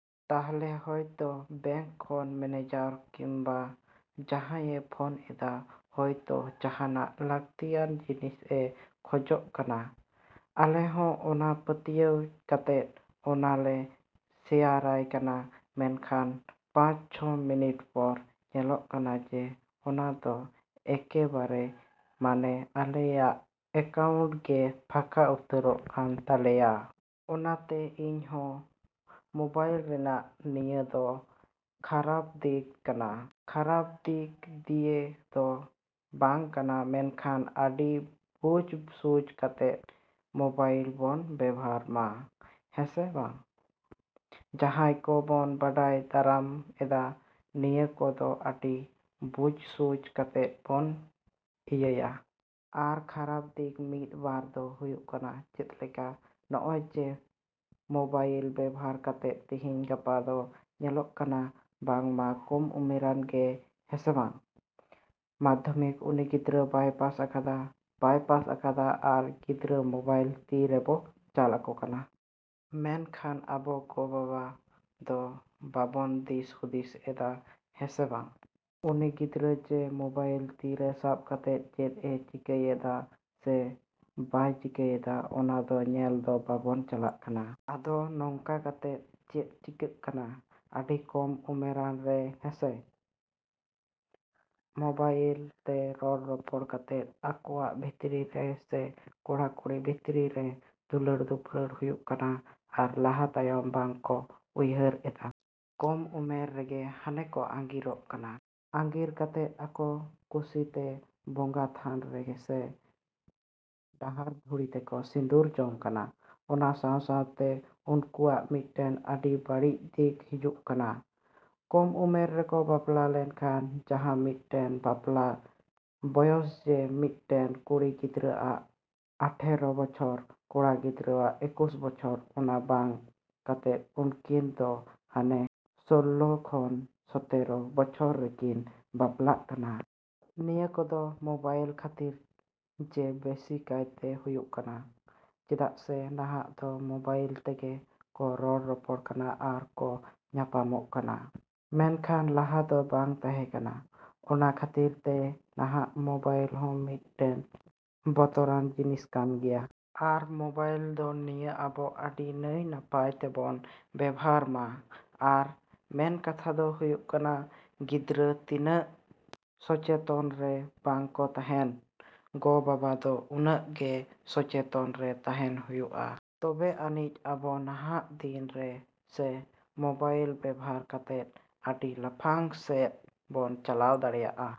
ᱛᱟᱦᱚᱞᱮ ᱦᱚᱭᱛᱚ ᱵᱮᱝᱠ ᱠᱷᱚᱱ ᱢᱮᱱᱮᱡᱟᱨ ᱠᱤᱢᱵᱟ ᱡᱟᱦᱟᱭᱮ ᱯᱷᱳᱱ ᱮᱫᱟ ᱦᱚᱭᱛᱚ ᱡᱟᱦᱟᱱᱟᱜ ᱞᱟᱹᱠᱛᱤᱭᱟᱱ ᱡᱤᱱᱤᱥᱮ ᱠᱷᱚᱡᱚᱜ ᱠᱟᱱᱟ᱾ ᱟᱞᱮ ᱦᱚᱸ ᱚᱱᱟ ᱯᱟᱹᱛᱭᱟᱹᱣ ᱠᱟᱛᱮᱫ ᱚᱱᱟ ᱞᱮ ᱥᱮᱭᱟᱨᱟᱭ ᱠᱟᱱᱟ᱾ ᱢᱮᱱᱠᱷᱟᱱ ᱯᱟᱪᱼᱪᱷᱚ ᱢᱤᱱᱤᱴ ᱯᱚᱨ ᱧᱮᱞᱚᱜ ᱠᱟᱱᱟ ᱡᱮ ᱚᱱᱟ ᱫᱚ ᱮᱠᱵᱟᱨᱮ ᱢᱟᱱᱮ ᱟᱞᱮᱭᱟᱜ ᱮᱠᱟᱣᱩᱱᱴ ᱜᱮ ᱯᱷᱟᱠᱟ ᱩᱛᱟᱹᱨᱚᱜ ᱠᱟᱱ ᱛᱟᱞᱮᱭᱟ᱾ ᱚᱱᱟᱛᱮ ᱤᱧᱦᱚᱸ ᱢᱚᱵᱟᱭᱤᱞ ᱨᱮᱭᱟᱜ ᱱᱤᱭᱟᱹ ᱫᱚ ᱠᱷᱟᱨᱟᱯ ᱫᱤᱠ ᱠᱟᱱᱟ᱾ ᱠᱷᱟᱨᱟᱯ ᱫᱤᱠ ᱫᱤᱭᱮ ᱫᱚ ᱵᱟᱝ ᱠᱟᱱᱟ ᱢᱮᱱᱠᱷᱟᱱ ᱟᱹᱰᱤ ᱵᱩᱡᱷ ᱥᱩᱡᱷ ᱠᱟᱛᱮᱫ ᱢᱚᱵᱟᱭᱤᱞ ᱵᱚᱱ ᱵᱮᱵᱷᱟᱨ ᱢᱟ᱾ ᱦᱮᱸᱥᱮ ᱵᱟᱝ? ᱡᱟᱦᱟᱸᱭ ᱠᱚ ᱵᱚᱱ ᱵᱟᱰᱟᱭ ᱫᱟᱨᱟᱢ ᱮᱫᱟ, ᱱᱤᱭᱟᱹ ᱠᱚ ᱫᱚ ᱟᱹᱰᱤ ᱵᱩᱡᱷ ᱥᱩᱡᱷ ᱠᱟᱛᱮᱫ ᱵᱚᱱ ᱤᱭᱟᱹᱭᱟ᱾ ᱟᱨ ᱠᱷᱟᱨᱟᱯ ᱫᱤᱠ ᱢᱤᱫ ᱵᱟᱨ ᱫᱚ ᱦᱩᱭᱩᱜ ᱠᱟᱱᱟ ᱪᱮᱫ ᱞᱮᱠᱟ? ᱱᱚᱜᱼᱚᱭ ᱡᱮ ᱢᱚᱵᱟᱭᱤᱞ ᱵᱮᱵᱷᱟᱨ ᱠᱟᱛᱮᱫ ᱛᱤᱦᱤᱧ ᱜᱟᱯᱟ ᱫᱚ ᱧᱮᱞᱚᱜ ᱠᱟᱱᱟ ᱵᱟᱝ ᱢᱟ ᱠᱚᱢ ᱩᱢᱮᱨᱟᱱ ᱜᱮ ᱦᱮᱸᱥᱮ ᱵᱟᱝ? ᱢᱟᱫᱷᱚᱢᱤᱠ ᱩᱱᱤ ᱜᱤᱫᱽᱨᱟᱹ ᱵᱟᱭ ᱯᱟᱥ ᱟᱠᱟᱫᱟ, ᱵᱟᱭ ᱯᱟᱥ ᱟᱠᱟᱫᱟ ᱟᱨ ᱜᱤᱫᱽᱨᱟᱹ ᱢᱚᱵᱟᱭᱤᱞ ᱛᱤ ᱨᱮᱵᱚ ᱪᱟᱞ ᱟᱠᱚ ᱠᱟᱱᱟ᱾ ᱢᱮᱱᱠᱷᱟᱱ ᱟᱵᱚ ᱜᱚ ᱵᱟᱵᱟ ᱫᱚ ᱵᱟᱵᱚᱱ ᱫᱤᱥ ᱦᱩᱫᱤᱥ ᱮᱫᱟ ᱦᱮᱸ ᱥᱮ ᱵᱟᱝ? ᱩᱱᱤ ᱜᱤᱫᱽᱨᱟᱹ ᱡᱮ ᱢᱚᱵᱟᱭᱤᱞ ᱛᱤ ᱨᱮ ᱥᱟᱵ ᱠᱟᱛᱮᱫ ᱪᱮᱫ ᱮ ᱪᱤᱠᱟᱹᱭᱮᱜᱼᱟ ᱥᱮ ᱵᱟᱭ ᱪᱤᱠᱟᱹᱭᱮᱫᱟ ᱚᱱᱟ ᱫᱚ ᱧᱮᱞ ᱫᱚ ᱵᱟᱵᱚᱱ ᱪᱟᱞᱟᱜ ᱠᱟᱱᱟ᱾ ᱟᱫᱚ ᱱᱚᱝᱠᱟ ᱠᱟᱛᱮᱫ ᱪᱮᱫ ᱪᱤᱠᱟᱜ ᱠᱟᱱᱟ? ᱟᱹᱰᱤ ᱠᱚᱢ ᱩᱢᱮᱨᱟᱱ ᱨᱮ ᱦᱮᱸ ᱥᱮ? ᱢᱚᱵᱟᱭᱤᱞ ᱛᱮ ᱨᱚᱲ ᱨᱚᱯᱚᱲ ᱠᱟᱛᱮᱫ ᱟᱠᱚᱭᱟᱜ ᱵᱷᱤᱛᱨᱤ ᱨᱮ ᱥᱮ ᱠᱚᱲᱟ ᱠᱩᱲᱤ ᱵᱷᱤᱛᱨᱤ ᱨᱮ ᱫᱩᱞᱟᱹᱲ ᱫᱩᱯᱞᱟᱹᱲ ᱦᱩᱭᱩᱜ ᱠᱟᱱᱟ ᱟᱨ ᱞᱟᱦᱟ ᱛᱟᱭᱚᱢ ᱵᱟᱝ ᱠᱚ ᱩᱭᱦᱟᱹᱨ ᱮᱫᱟ᱾ ᱠᱚᱢ ᱩᱢᱮᱨ ᱨᱮᱜᱮ ᱦᱟᱱᱮ ᱠᱚ ᱟᱹᱜᱤᱨᱚᱜ ᱠᱟᱱᱟ᱾ ᱟᱹᱜᱤᱨ ᱠᱟᱛᱮᱫ ᱟᱠᱚ ᱠᱩᱥᱤ ᱛᱮ ᱵᱚᱸᱜᱟ ᱛᱷᱟᱱ ᱨᱮ ᱥᱮ ᱰᱟᱦᱟᱨ ᱰᱷᱩᱲᱤ ᱛᱮᱠᱚ ᱥᱤᱸᱫᱩᱨ ᱡᱚᱝ ᱠᱟᱱᱟ᱾ ᱚᱱᱟ ᱥᱟᱶᱼᱥᱟᱶᱛᱮ ᱩᱱᱠᱩᱣᱟᱜ ᱢᱤᱫᱴᱮᱱ ᱟᱹᱰᱤ ᱵᱟᱹᱲᱤᱡ ᱫᱤᱠ ᱦᱤᱡᱩᱜ ᱠᱟᱱᱟ᱾ ᱠᱚᱢ ᱩᱢᱮᱨ ᱨᱮᱠᱚ ᱵᱟᱯᱞᱟ ᱞᱮᱱ ᱠᱷᱟᱱ ᱡᱟᱦᱟᱸ ᱢᱤᱫᱴᱮᱱ ᱵᱟᱯᱞᱟ ᱵᱚᱭᱚᱥ ᱡᱮ ᱢᱤᱫᱴᱮᱱ ᱠᱩᱲᱤ ᱜᱤᱫᱽᱨᱟᱹ ᱟᱜ ᱟᱴᱷᱮᱨᱚ ᱵᱚᱪᱷᱚᱨ, ᱠᱚᱲᱟ ᱜᱤᱫᱽᱨᱟᱹ ᱮᱠᱩᱥ ᱵᱚᱪᱷᱚᱨ, ᱚᱱᱟ ᱵᱟᱝ ᱠᱟᱛᱮᱫ ᱩᱱᱠᱤᱱ ᱫᱚ ᱦᱟᱱᱮ ᱥᱳᱞᱞᱳ ᱠᱷᱚᱱ ᱥᱚᱛᱮᱨᱚ ᱵᱚᱪᱷᱚᱨ ᱨᱮᱠᱤᱱ ᱵᱟᱯᱞᱟᱜ ᱠᱟᱱᱟ᱾ ᱱᱤᱭᱟᱹ ᱠᱚ ᱫᱚ ᱢᱚᱵᱟᱭᱤᱞ ᱠᱷᱟᱹᱛᱤᱨ ᱡᱮ ᱵᱮᱥᱤ ᱠᱟᱭᱛᱮ ᱦᱩᱭᱩᱜ ᱠᱟᱱᱟ᱾ ᱪᱮᱫᱟᱜ ᱥᱮ ᱱᱟᱦᱟᱜ ᱫᱚ ᱢᱚᱵᱟᱭᱤᱞ ᱛᱮᱜᱮ ᱠᱚ ᱨᱚᱲ ᱨᱚᱯᱚᱲ ᱠᱟᱱᱟ ᱟᱨ ᱠᱚ ᱧᱟᱯᱟᱢᱚᱜ ᱠᱟᱱᱟ᱾ ᱢᱮᱱᱠᱷᱟᱱ ᱞᱟᱦᱟ ᱫᱚ ᱵᱟᱝ ᱛᱟᱦᱮᱸ ᱠᱟᱱᱟ᱾ ᱚᱱᱟ ᱠᱷᱟᱹᱛᱤᱨ ᱛᱮ ᱱᱟᱦᱟᱜ ᱫᱚ ᱢᱚᱵᱟᱭᱤᱞ ᱦᱚᱸ ᱢᱤᱫᱴᱮᱱ ᱵᱚᱛᱚᱨᱟᱱ ᱡᱤᱱᱤᱥ ᱠᱟᱱ ᱜᱮᱭᱟ᱾ ᱟᱨ ᱢᱚᱵᱟᱭᱤᱞ ᱫᱚ ᱱᱤᱭᱟᱹ ᱟᱵᱚ ᱟᱹᱰᱤ ᱱᱟᱭ ᱱᱟᱯᱟᱭ ᱛᱮᱵᱚᱱ ᱵᱮᱵᱷᱟᱨ ᱢᱟ᱾ ᱟᱨ ᱢᱮᱱ ᱠᱟᱛᱷᱟ ᱫᱚ ᱦᱩᱭᱩᱜ ᱠᱟᱱᱟ ᱜᱤᱫᱽᱨᱟᱹ ᱛᱤᱱᱟᱹᱜ ᱥᱚᱪᱮᱛᱚᱱ ᱨᱮ ᱵᱟᱝ ᱠᱚ ᱛᱟᱦᱮᱸᱱ, ᱜᱚ ᱵᱟᱵᱟ ᱫᱚ ᱩᱱᱟᱹᱜ ᱜᱮ ᱥᱚᱪᱮᱛᱚᱱ ᱨᱮ ᱛᱟᱦᱮᱸᱱ ᱦᱩᱭᱩᱜᱼᱟ᱾ ᱛᱚᱵᱮ ᱟᱹᱱᱤᱡ ᱟᱵᱚ ᱱᱟᱦᱟᱜ ᱫᱤᱱ ᱨᱮ ᱥᱮ ᱢᱚᱵᱟᱭᱤᱞ ᱵᱮᱵᱷᱟᱨ ᱠᱟᱛᱮᱫ ᱟᱹᱰᱤ ᱞᱟᱯᱷᱟᱝ ᱥᱮᱫ ᱵᱚ ᱪᱟᱞᱟᱣ ᱫᱟᱲᱮᱭᱟᱜᱼᱟ᱾।